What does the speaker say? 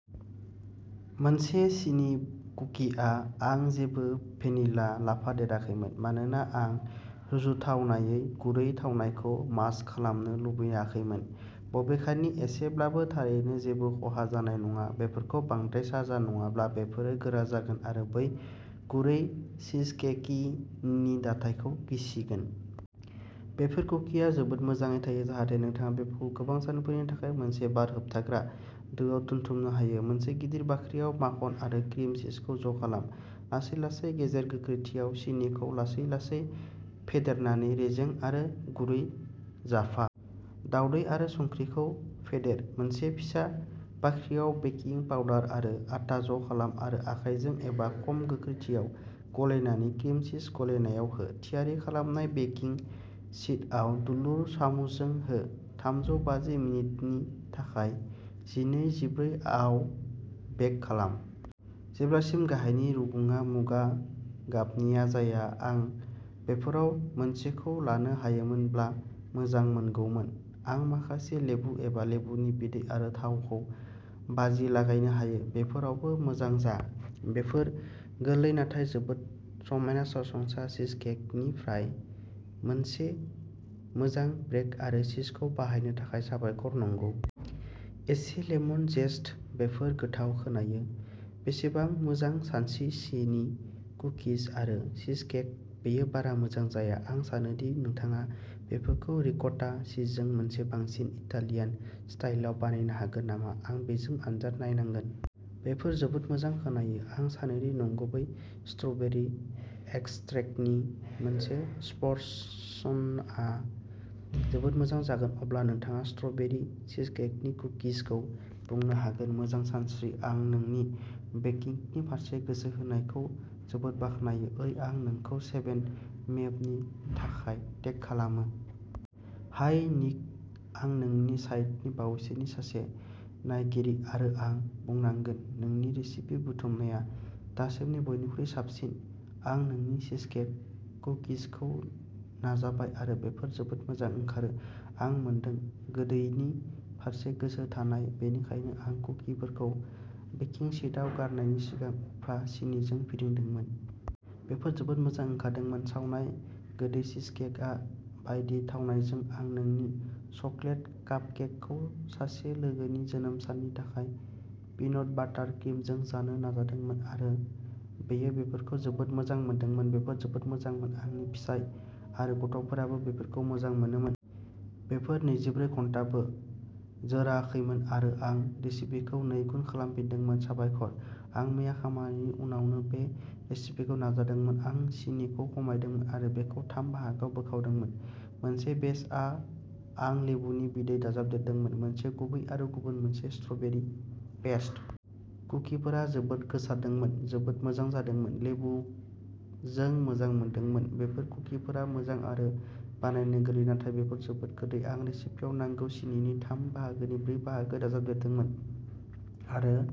मोनसे सिनि कुकिआ। आं जेबो भेनिला लाफादेराखैमोन मानोना आं रुजुथावनायै गुरै थावनायखौ मास्क खालामनो लुबैयाखैमोन। बबेखानि एसेब्लाबो थारैनो जेबो खहा जानाय नङा। बेफोरखौ बांद्राय साजा नङाब्ला बेफोरो गोरा जागोन आरो बै गुरै चीजकेकिनि दाथायखौ गिसिगोन। बेफोर कुकिआ जोबोद मोजाङै थायो। जाहाथे नोंथाङा बेफोरखौ गोबां सानफोरनि थाखाय मोनसे बार होबथाग्रा दोआव दोनथुमनो हायो। मोनसे गिदिर बाख्रियाव माखन आरो क्रिम चीजखौ ज'खालाम। लासै-लासै गेजेर गोख्रैथियाव सिनिखौ लासै-लासै फेदेरनानै रेजें आरो गुरै जाफा। दावदै आरो संख्रिखौ फेदेर। मोनसे फिसा बाख्रियाव बेकिं पाउडार आरो आटा ज'खालाम आरो आखायजों एबा खम गोख्रैथियाव गलायनानै क्रिम चीज गलायनायाव हो। थियारि खालामनाय बेकिं शीटआव दुलुर सामुसजों हो। थामजौ बाजि मिनिटनि थाखाय जिनै-जिब्रै आव बेक खालाम। जेब्लासिम गाहायनि रुगुङा मुगा गाबनि जाया। आं बेफोराव मोनसेखौ लानो हायोमोनब्ला मोजांमोनगौमोन। आं माखासे लेबु एबा लेबुनि बिदै आरो थावखौ बाजि लागायनो हायो। बेफोरावबो मोजां जा। बेफोर गोरलै नाथाय जोबोद समायना सरासनस्रा चीजकेकनिफ्राय मोनसे मोजां ब्रेक आरो चीजखौ बाहायनो थाखाय साबायखर नंगौ। एसे लेमन जेस्ट। बेफोर गोथाव खोनायो। बेसेबां मोजां सानस्रि सिनि कुकिज आरो चीजकेक बेयो बारा मोजां जाया। आं सानो दि नोंथाङा बेफोरखौ रिक'टा चीजजों मोनसे बांसिन इटालियान स्टाइलआव बानायनो हागोन नामा। आं बेजों आनजाद नायनांगोन। बेफोर जोबोद मोजां खोनायो। आं सानोदि नंगुबै स्ट्र'बेरि एक्सट्रैक्टनि मोनसे स्पर्शनआ जोबोद मोजां जागोन। अब्ला नोंथाङा स्ट्र'बेरि चीजकेक कुकिजखौ बुंनो हागोन। मोजां सानस्रि आं नोंनि बेकिंगनि फारसे गोसो होनायखौ जोबोद बाख्नायो। ओइ आं नोंखौ सेभेन मेमनि थाखाय टेग खालामो! हाय निक आं नोंनि साइटनि बावैसोनि सासे नायगिरि आरो आं बुंनांगोन। नोंनि रेसिपि बुथुमनाया दासिमनि बयनिख्रुइ साबसिन। आं नोंनि चीजकेक कुकिजखौ नाजाबाय आरो बेफोर जोबोद मोजां ओंखारो। आं मोनदों। गोदैनि फारसे गोसो थानाय बेनिखायनो आं कुकिफोरखौ बेकिं शीटआव गारनायनि सिगां उफ्रा सिनिजों फिदिंदोंमोन। बेफोर जोबोद मोजां ओंखारदोंमोन। सावनाय गोदै चीजकेक बायदि थावनायजों। आं नोंनि चकलेट कापकेकखौ सासे लोगोनि जोनोम साननि थाखाय पिनट बाटार क्रिमजों जानो नाजादोंमोन आरो बियो बेफोरखौ जोबोद मोजां मोनदोंमोन। बेफोर जोबोद मोजांमोन। आंनि फिसाय आरो गथ'फोराबो बेफोरखौ मोजां मोनोमोन। बेफोर नैजिब्रै घन्टाबो जोराखैमोन आरो आं रेसिपिखौ नैगुन खालामफिनदोंमोन। साबायखर। आं मैया खामानिनि उनावनो बे रेसिपिखौ नाजादोंमोन। आं सिनिखौ खमायदोंमोन आरो बेखौ थाम बाहागोआव बोखावदोंमोन। मोनसे बेचआव आं लेबुनि बिदै दाजाबदेरदोंमोन। मोनसे गुबै आरो गुबुन मोनसे स्ट्रबेरी पेस्ट। कुकिफोरा जोबोद गोसारदोंमोन। जोबोद मोजां जादोंमोन। लेबुजों मोजां मोनदोंमोन। बेफोर कुकिफोरा मोजां आरो बानायनो गोरलै नाथाय बेफोर जोबोद गोदै। आं रेसिपिआव नांगौ सिनिनि थाम बाहागोनि ब्रै बाहागो दाजाबदेरदोंमोन आरो